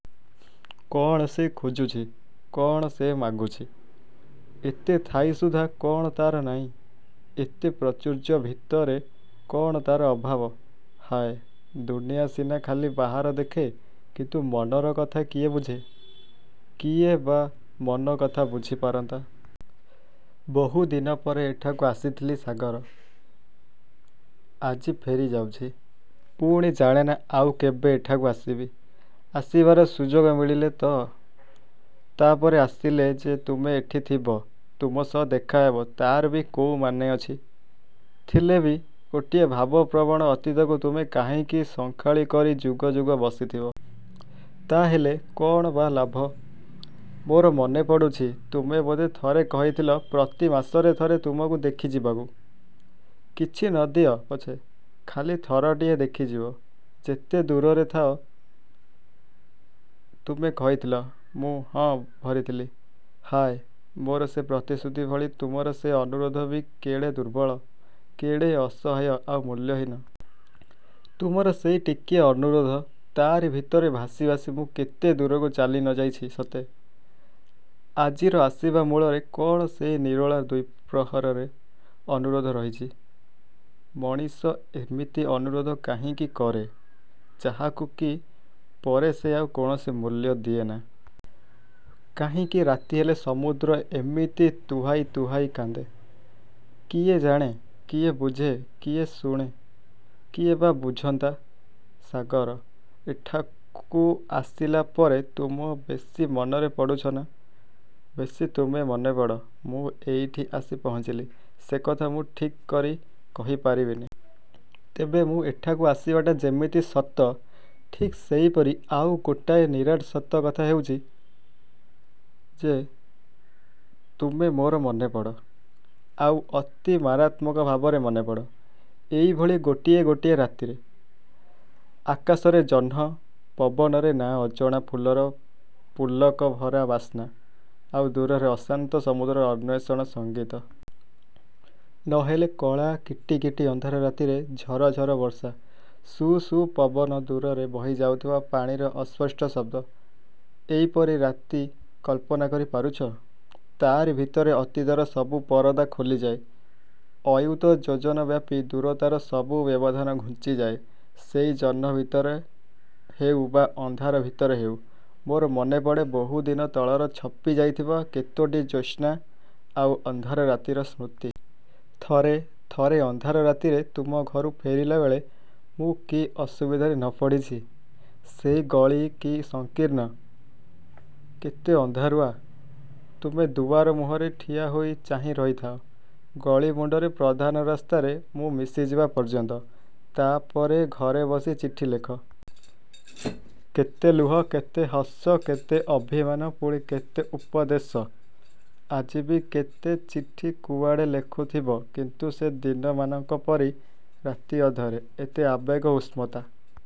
କ'ଣ ସେ ଖୋଜୁଛି-କ'ଣ ସେ ମାଗୁଛି? ଏତେ ଥାଇ ସୁଦ୍ଧା କ'ଣ ତା'ର ନାଇଁ; ଏତେ ପ୍ରାଚୁର୍ଯ୍ୟ ଭିତରେ କ'ଣ ତା'ର ଅଭାବ। ହାୟ! ଦୁନିଆ ସିନା ଖାଲି ବାହାର ଦେଖେ; କିନ୍ତୁ ମନର କଥା କିଏ ବୁଝେ? କିଏ ବା ମନ କଥା ବୁଝି ପାରନ୍ତା? ବହୁ ଦିନ ପରେ ଏଠାକୁ ଆସିଥିଲି ସାଗର; ଆଜି ଫେରି ଯାଉଛି। ପୁଣି ଜାଣେନା ଆଉ କେବେ ଏଠାକୁ ଆସିବି; ଆସିବାର ସୁଯୋଗ ମିଳିଲେ ତ? ତା'ପରେ ଆସିଲେ ଯେ ତୁମେ ଏଠିଥିବ; ତୁମ ସହ ଦେଖାହେବ ତା'ର ବି କୋଉମାନେ ଅଛି। ଥିଲେ ବି; ଗୋଟାଏ ଭାବପ୍ରବଣ ଅତୀତକୁ ତୁମେ କାହିଁକି ସଙ୍ଖାଳୀ କରି ଯୁଗ ଯୁଗ ବସିଥିବ? ତା'ହେଲେ। କ'ଣ ବା ଲାଭ? ମୋର ମନେ ପଡ଼ୁଛି ତୁମେ ବୋଧେ ଥରେ କହିଥିଲ ପ୍ରତି ମାସରେ ଥରେ ତୁମକୁ ଦେଖି ଯିବାକୁ। ''କିଛି ନ ଦିଅ ପଛେ'' ଖାଲି ଥରଟିଏ ଦେଖିଯିବ-ଯେତେ ଦୂରରେ ଥାଅ। ତୁମେ କହିଥିଲ, ମୁଁ ହଁ ଭରିଥିଲି। ହାୟ; ମୋର ସେ ପ୍ରତିଶ୍ରୁତି ଭଳି ତୁମର ସେ ଅନୁରୋଧ ବି କେଡ଼େ ଦୁର୍ବଳ, କେଡ଼େ ଅସହାୟ ଆଉ ମୂଲ୍ୟହୀନ। ତୁମର ସେଇ ଟିକିଏ ଅନୁରୋଧ; ତା'ରି ଭିତରେ ଭାସି ଭାସି ମୁଁ କେତେ ଦୂରକୁ ଚାଲି ନ ଯାଇଛି ସତେ! ଆଜିର ଆସିବା ମୂଳରେ କ'ଣ ସେଇ ନିରୋଳା ଦ୍ୱିପ୍ରହରର ଅନୁରୋଧ ରହିଛି। ମଣିଷ ଏମିତି ଅନୁରୋଧ କାହିଁକି କରେ; ଯାହାକୁ କି ପରେ ସେ ଆଉ କୌଣସି ମୂଲ୍ୟ ଦିଏନା। କାହିଁକି ରାତି ହେଲେ ସମୁଦ୍ର ଏମିତି ତୁହାଇ ତୁହାଇ କାନ୍ଦେ। କିଏ ଜାଣେ, କିଏ ବୁଝେ, କିଏ ଶୁଣେ? କିଏ ବା ବୁଝନ୍ତା? ସାଗର! ଏଠାକୁ ଆସିଲା ପରେ ତୁମ ବେଶୀ ମନରେ ପଡ଼ୁଛ ନା ବେଶୀ ତୁମେ ମନେପଡ଼ ମୁଁ ଏଇଠି ଆସି ପହଞ୍ଚିଲି, ସେ କଥା ମୁଁ ଠିକ୍ କରି କହି ପାରିବିନି। ତେବେ ମୁଁ ଏଠାକୁ ଆସିବାଟା ଯେମିତି ସତ; ଠିକ୍ ସେହିପରି ଆଉ ଗୋଟାଏ ନିରାଟ ସତ କଥା ହେଉଛି ଯେ ''ତୁମେ ମୋର ମନେ ପଡ଼। '' ଆଉ ଅତି ମାରାତ୍ମକ ଭାବରେ ମନେ ପଡ଼, ଏଇଭଳି ଗୋଟିଏ ଗୋଟିଏ ରାତିରେ। ଆକାଶରେ ଜହ୍ନ-ପବନରେ ନାଁ ଅଜଣା ଫୁଲର ପୁଲକ-ଭରା ବାସ୍ନା-ଆଉ ଦୂରରେ ଅଶାନ୍ତ ସମୁଦ୍ରର ଅନ୍ୱେଷଣ-ସଙ୍ଗୀତ। ନହେଲେ କଳା କିଟିକିଟି ଅନ୍ଧାର ରାତିରେ-ଝରଝର ବର୍ଷା-ସୁ ସୁ ପବନ-ଦୂରରେ ବହି ଯାଉଥିବା ପାଣିର ଅସ୍ପଷ୍ଟ ଶବ୍ଦ। ଏଇପରି ରାତି-କଳ୍ପନା କରି ପାରୁଛ? ତା'ରି ଭିତରେ ଅତୀତର ସବୁ ପରଦା ଖୋଲିଯାଏ-ଅୟୂତ ଯୋଜନ ବ୍ୟାପୀ ଦୂରତାର ସବୁ ବ୍ୟବଧାନ ଘୁଞ୍ଚିଯାଏ-ସେଇ ଜହ୍ନ ଭିତରେ ହେଉ ବା ଅନ୍ଧାର ଭିତରେ ହେଉ; ମୋର ମନେପଡ଼େ; ବହୁ ଦିନ ତଳର ଛପି ଯାଇଥିବା କେତୋଟି ଜ୍ୟୋସ୍ନା ଆଉ ଅନ୍ଧାର ରାତିର ସ୍ମୃତି। ଥରେ ଥରେ ଅନ୍ଧାର ରାତିରେ ତୁମ ଘରୁ ଫେରିଲାବେଳେ ମୁଁ କି ଅସୁବିଧାରେ ନ ପଡ଼ିଛି। ସେଇ ଗଳି କି ସଂକୀର୍ଣ୍ଣ, କେତେ ଅନ୍ଧାରୁଆ। ତୁମେ ଦୁଆର ମୁହଁରେ ଠିଆହୋଇ ଚାହିଁ ରହିଥାଅ; ଗଳି ମୁଣ୍ଡରେ ପ୍ରଧାନ ରାସ୍ତାରେ ମୁଁ ମିଶିଯିବା ପର୍ଯ୍ୟନ୍ତ। ତା'ପରେ ଘରେ ବସି ଚିଠି ଲେଖ। କେତେ ଲୁହ, କେତେ ହସ, କେତେ ଅଭିମାନ ପୁଣି କେତେ ଉପଦେଶ! ଆଜି ବି କେତେ ଚିଠି କୁଆଡ଼େ ଲେଖୁଥିବ କିନ୍ତୁ ସେ ଦିନମାନଙ୍କ ପରି ରାତି ଅଧରେ; ଏତେ ଆବେଗ, ଉଷ୍ମତା